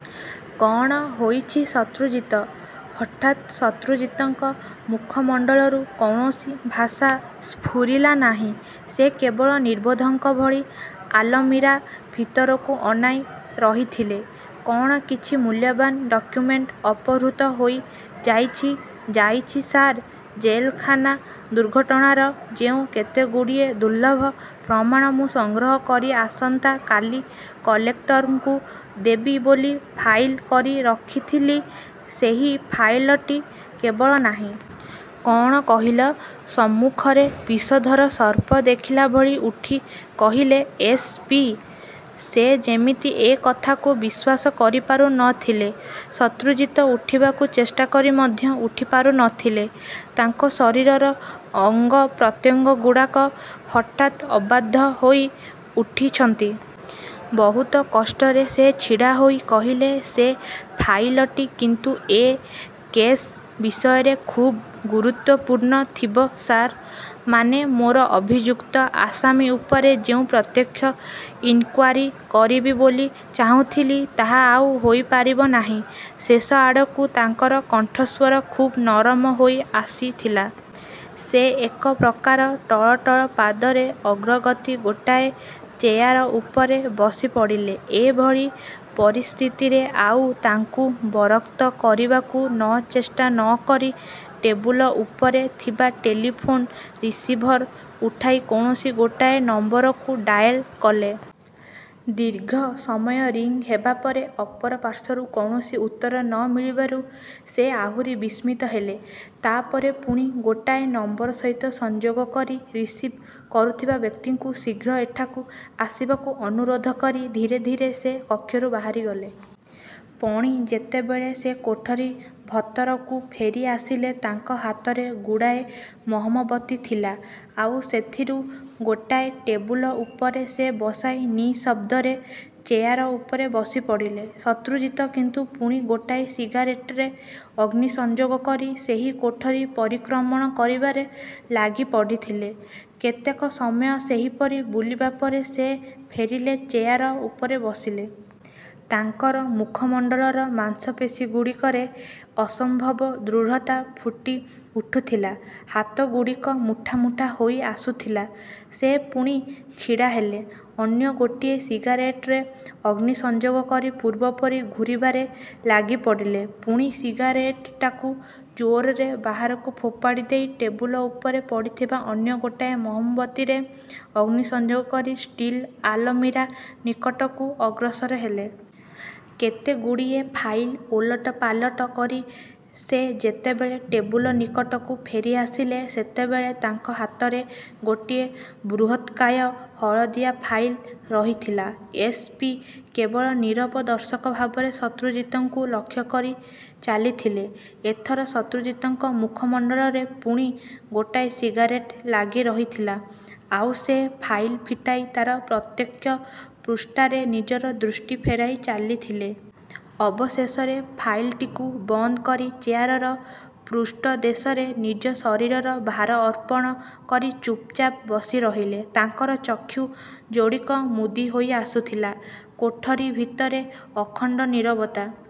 କଣ ହୋଇଛି, ଶତ୍ରୁଜିତ? ହଠାତ୍ ଶତ୍ରୁଜିତଙ୍କ ମୁଖମଣ୍ଡଳରୁ କୌଣସି ଭାଷା ସ୍ଫୁରିଲା ନାହିଁ। ସେ କେବଳ ନିର୍ବୋଧଙ୍କ ଭଳି ଆଲମିରା ଭିତରକୁ ଅନାଇ ରହିଥିଲେ। କଣ କିଛି ମୁଲ୍ୟବାନ୍ ଡକୁମେଣ୍ଟ ଅପହୃତ ହୋଇ ଯାଇଛି? ଯାଇଛି ସାର୍। ଜେଲଖାନା ଦୁର୍ଘଟଣାର ଯେଉଁ କେତେଗୁଡ଼ିଏ ଦୁର୍ଲ୍ଲଭ ପ୍ରମାଣ ମୁଁ ସଂଗ୍ରହ କରି ଆସନ୍ତା କାଲି କଲେକ୍ଟରଙ୍କୁ ଦେବି ବୋଲି ଫାଇଲ କରି ରଖିଥିଲି, ସେହି ଫାଇଲଟି କେବଳ ନାହିଁ। କଣ କହିଲ? ସମ୍ମୁଖରେ ବିଷଧର ସର୍ପ ଦେଖିଲା ଭଳି ଉଠି କହିଲେ ଏସ୍. ପି.। ସେ ଯେମିତି ଏ କଥାକୁ ବିଶ୍ୱାସ କରିପାରୁ ନ ଥିଲେ। ଶତ୍ରୁଜିତ ଉଠିବାକୁ ଚେଷ୍ଟା କରି ମଧ୍ୟ ଉଠିପାରୁ ନ ଥିଲେ। ତାଙ୍କ ଶରୀରର ଅଙ୍ଗପ୍ରତ୍ୟଙ୍ଗଗୁଡ଼ାକ ହଠାତ୍ ଅବାଧ୍ୟ ହୋଇ ଉଠିଛନ୍ତି। ବହୁତ କଷ୍ଟରେ ସେ ଛିଡ଼ା ହୋଇ କହିଲେ-ସେ ଫାଇଲଟି କିନ୍ତୁ ଏ କେଶ୍ ବିଷୟରେ ଖୁବ୍ ଗୁରୁତ୍ୱପୂର୍ଣ୍ଣ ଥିବ ସାର୍। ମାନେ, ମୋର ଅଭିଯୁକ୍ତ ଆସାମୀ ଉପରେ ଯେଉଁ ପ୍ରତ୍ୟକ୍ଷ ଇନକ୍ୱାରୀ କରିବି ବୋଲି ଚାହୁଁଥିଲି, ତାହା ଆଉ ହୋଇପାରିବ ନାହିଁ। ଶେଷ ଆଡ଼କୁ ତାଙ୍କର କଣ୍ଠସ୍ୱର ଖୁବ୍ ନରମ ହୋଇ ଆସି ଥିଲା। ସେ ଏକ ପ୍ରକାର ଟଳ ଟଳ ପାଦରେ ଅଗ୍ରଗତି ଗୋଟାଏ ଚେୟାର ଉପରେ ବସିପଡ଼ିଲେ। ଏ ଭଳି ପରିସ୍ଥିତିରେ ଆଉ ତାଙ୍କୁ ବରକ୍ତ କରିବାକୁ ନ ଚେଷ୍ଟା ନ କରି, ଟେବୁଲ ଉପରେ ଥିବା ଟେଲିଫୋନ ରିସିଭର ଉଠାଇ କୌଣସି ଗୋଟାଏ ନମ୍ବରକୁ ଡାଏଲ୍ କଲେ। ଦୀର୍ଘ ସମୟ ରିଂ ହେବା ପରେ ଅପର ପାର୍ଶ୍ୱରୁ କୌଣସି ଉତ୍ତର ନ ମିଳିବାରୁ ସେ ଆହୁରି ବିସ୍ମିତ ହେଲେ। ତା ପରେ ପୁଣି ଗୋଟାଏ ନମ୍ବର ସହିତ ସଂଯୋଗ କରି, ରିସିଭ୍, କରୁଥିବା ବ୍ୟକ୍ତିଙ୍କୁ ଶୀଘ୍ର ଏଠାକୁ ଆସିବାକୁ ଅନୁରୋଧ କରି ଧୀରେ ଧୀରେ ସେ କକ୍ଷରୁ ବାହାରିଗଲେ। ପଣି ଯେତେବେଳେ ସେ କୋଠରି ଭତରକୁ ଫେରି ଆସିଲେ ତାଙ୍କ ହାତରେ ଗୁଡ଼ାଏ ମହମବତୀ ଥିଲା। ଆଉ ସେଥିରୁ ଗୋଟାଏ ଟେବୁଲ ଉପରେ ସେ ବସାଇ ନିଃଶଦ୍ଦରେ ଚେୟାର ଉପରେ ବସିପଡ଼ିଲେ। ଶତ୍ରୁଜିତ କିନ୍ତୁ ପୁଣି ଗୋଟାଏ ସିଗାରେଟରେ ଅଗ୍ନି ସଂଯୋଗ କରି, ସେହି କୋଠରି ପରିକ୍ରମଣ କରିବାରେ ଲାଗିପଡ଼ିଥିଲେ କେତେକ ସମୟ ସେହିପରି ବୁଲିବା ପରେ ସେ ଫେରିଲେ ଚେୟାର ଉପରେ ବସିଲେ। ତାଙ୍କର ମୁଖମଣ୍ଡଳର ମାଂସପେଶୀଗୁଡ଼ିକରେ ଅସମ୍ଭବ ଦୃଢ଼ତା ଫୁଟି ଉଠୁଥିଲା। ହାତଗୁଡ଼ିକ ମୁଠା ମୁଠା ହୋଇ ଆସୁଥିଲା। ସେ ପୁଣି ଛିଡ଼ା ହେଲେ। ଅନ୍ୟ ଗୋଟିଏ ସିଗାରେଟରେ ଅଗ୍ନି ସଂଯୋଗ କରି ପୂର୍ବ ପରି ଘୂରିବାରେ ଲାଗିପଡ଼ିଲେ। ପୁଣି ସିଗାରେଟଟାକୁ ଜୋରରେ ବାହାରକୁ ଫୋପାଡ଼ି ଦେଇ ଟେବୁଲ ଉପରେ ପଡ଼ିଥିବା ଅନ୍ୟ ଗୋଟାଏ ମହମବତୀରେ ଅଗ୍ନିସଂଯୋଗ କରି ଷ୍ଟିଲ୍ ଆଲମିରା ନିକଟକୁ ଅଗ୍ରସର ହେଲେ। କେତେଗୁଡ଼ିଏ ଫାଇଲ୍ ଓଲଟ ପାଲଟ କରି ସେ ଯେତେବେଳେ ଟେବୁଲ ନିକଟକୁ ଫେରିଆସିଲେ, ସେତେବେଳେ ତାଙ୍କ ହାତରେ ଗୋଟିଏ ବୃହତ୍କାୟ ହଳଦିଆ ଫାଇଲ୍ ରହିଥିଲା-। ଏସ୍. ପି. କେବଳ ନୀରବ ଦର୍ଶକ ଭାବରେ ଶତ୍ରୁଜିତଙ୍କୁ ଲକ୍ଷ୍ୟ କରି ଚାଲିଥିଲେ। ଏଥର ଶତ୍ରୁଜିତଙ୍କ ମୁଖମଣ୍ଡଳରେ ପୁଣି ଗୋଟାଏ ସିଗାରେଟ ଲାଗିରହିଥିଲା, ଆଉ ସେ ଫାଇଲ୍ ଫିଟାଇ ତାର ପ୍ରତ୍ୟେକ ପୃଷ୍ଠାରେ ନିଜର ଦୃଷ୍ଟି ଫେରାଇ ଚାଲିଥିଲେ। ଅବଶେଷରେ ଫାଇଲ୍ଟିକୁ ବନ୍ଦ କରି ଚେୟାରର ପୃଷ୍ଠଦେଶରେ ନିଜ ଶରୀରର ଭାର ଅର୍ପଣ କରି ଚୁପଚାପ୍ ବସିରହିଲେ। ତାଙ୍କର ଚକ୍ଷୁ ଯୋଡ଼ିକ ମୁଦି ହୋଇ ଆସୁଥିଲା। କୋଠରି ଭିତରେ ଅଖଣ୍ଡ ନୀରବତା